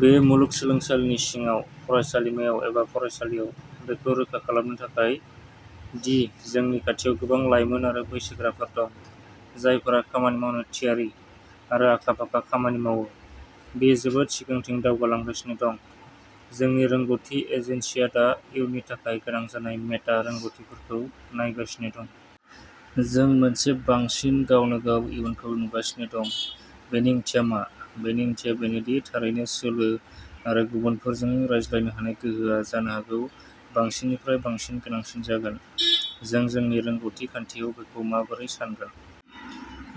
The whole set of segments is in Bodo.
बेयो मुलुगसोलोंसालिनि सिङाव, फरायसालिमायाव एबा फरायसालियाव, बेखौ रोखा खालामनो थाखाय दि जोंनि खाथियाव गोबां लाइमोन आरो बैसोगोराफोर दं, जायफोरा खामानि मावनो थियारि आरो आखा-फाखा खामानि मावो, बेयो जोबोद सिगांथिं दावगालांगासिनो दं। जोंनि रोंग'थि एजेन्सिआ दा इयुननि थाखाय गोनां जानाय मेटा रोंग'थिफोरखौ नायगासिनो दं। जों मोनसे बांसिन गावनो-गाव इयुनखौ नुगासिनो दं, बेनि ओंथिया मा? बेनि ओंथिया बेनो दि थारैनो सोलो, आरो गुबुनफोरजों रायज्लायनो हानाय गोहोआ जानो हागौ बांसिननिफ्राय बांसिन गोनांसिन जागोन, जों जोंनि रोंग'थि खान्थियाव बेखौ माबोरै सानगोन?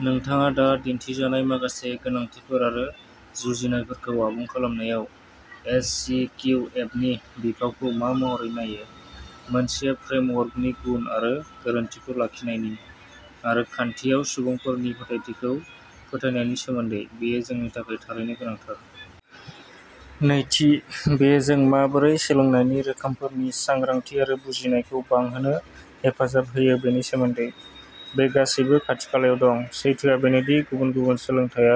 नोंथाङा दा दिन्थिजानाय माखासे गोनांथिफोर आरो जुजिनायफोरखौ आबुं खालामनायाव एस सि किउ एप नि बिफावखौ मा महरै नायो? मोनसेया फ्रेमवर्कनि गुन आरो गोरोनथिखौ लाखिनायनि, आरो खान्थियाव सुबुंफोरनि फोथायथिखौ फोथायनायनि सोमोन्दै। बेयो जोंनि थाखाय थारैनो गोनांथार। नैथि, बेयो जों माबोरै सोलोंनायनि रोखोमफोरनि सांग्रांथि आरो बुजिनायखौ बांहोनो हेफाजाब होयो बेनि सोमोन्दै। बे गासैबो खाथि-खालायाव दं। सैथोआ बेनो दि गुबुन-गुबुन सोलोंथाया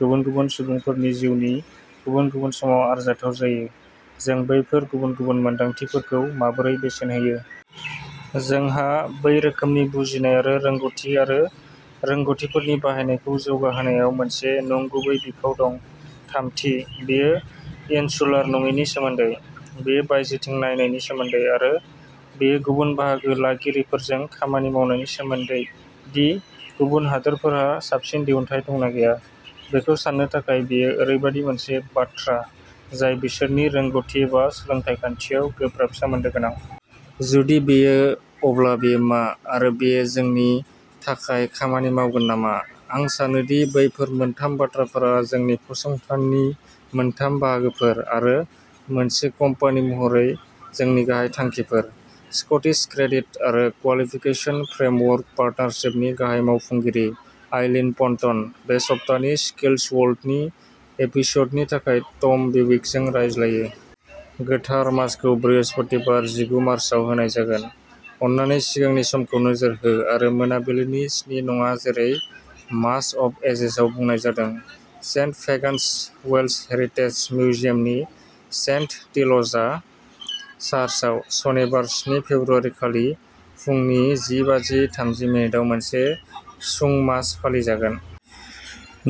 गुबुन-गुबुन सुबुंफोरनि जिउनि गुबुन-गुबुन समाव आरजाथाव जायो। जों बैफोर गुबुन-गुबुन मोनदांथिफोरखौ माबोरै बेसेन होयो? जोंहा बै रोखोमनि बुजिनाय आरो रोंग'थि आरो रोंग'थिफोरनि बाहायनायखौ जौगाहोनायाव मोनसे नंगुबै बिफाव दं। थामथि, बेयो इनसुलार नङिनि सोमोन्दै, बेयो बायजोथिं नायनायनि सोमोन्दै, आरो बेयो गुबुन बाहागो लागिरिफोरजों खामानि मावनायनि सोमोन्दै दि गुबुन हादोरफोरहा साबसिन दिहुनथाइ दंना गैया बेखौ साननो थाखाय बेयो ओरैबायदि मोनसे बाथ्रा जाय बिसोरनि रोंग'थि एबा सोलोंथाय खान्थियाव गोब्राब सोमोन्दो गोनां? जुदि बेयो, अब्ला बेयो मा, आरो बेयो जोंनि थाखाय खामानि मावगोन नामा? आं सानो दि बैफोर मोनथाम बाथ्राफोरा जोंनि फसंथाननि मोनथाम बाहागोफोर, आरो मोनसे कम्पानि महरै जोंनि गाहाय थांखिफोर। स्कटिस क्रेडिट आरो क्वालिफिकेसन फ्रेमवर्क पार्टनारशिपनि गाहाय मावफुंगिरि, आइलीन पन्टन, बे सप्तानि स्किल्स वर्ल्डनि एपिस'डनि थाखाय टम बिविकजों रायज्लायो। गोथार मासखौ बृहस्पतिबार जिगु मार्चाव होनाय जागोन। अन्नानै सिगांनि समखौ नोजोर हो आरो मोनाबिलिनि स्नि नङा जेरै मास अफ एजेसआव बुंनाय जादों। सेन्ट फेगान्स वेल्श हेरिटेज मिउजियामनि सेन्ट टील'स चार्चआव सनिबार स्नि फेब्रुआरि खालि फुंनि जि बाजि थामजि मिनिट आव मोनसे सुं मास फालिजागोन।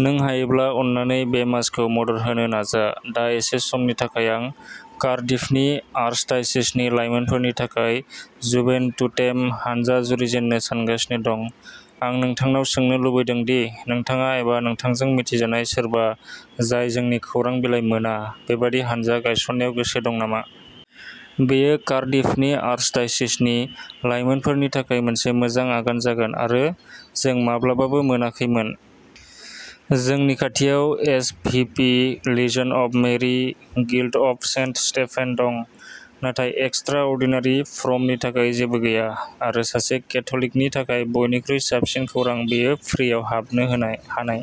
नों हायोब्ला अन्नानै बे मासखौ मदद होनो नाजा। दा एसे समनि थाखाय आं कार्डिफनि आर्चडायसिसनि लाइमोनफोरनि थाखाय जुभेन्टुटेम हानजा जुरिजेननो सानगासिनो दं। आं नोंथांनाव सोंनो लुबैदों दि नोंथाङा एबा नोंथांजों मिथिजानाय सोरबा जाय जोंनि खौरां बिलाइ मोना, बेबादि हानजा गायसननायाव गोसो दं नामा। बेयो कार्डिफनि आर्चडायसिसनि लाइमोनफोरनि थाखाय मोनसे मोजां आगान जागोन आरो जों माब्लाबाबो मोनाखैमोन। जोंनि खाथियाव SVP, लिजन of Mary, guild of Saint Stephen दं, नाथाय एक्सट्रा अर्डिनारि फ्रमनि थाखाय जेबो गैया आरो सासे केथलिकनि थाखाय बयनिख्रुइ साबसिन खौरां बेयो फ्रिआव हाबनो होनाय हानाय।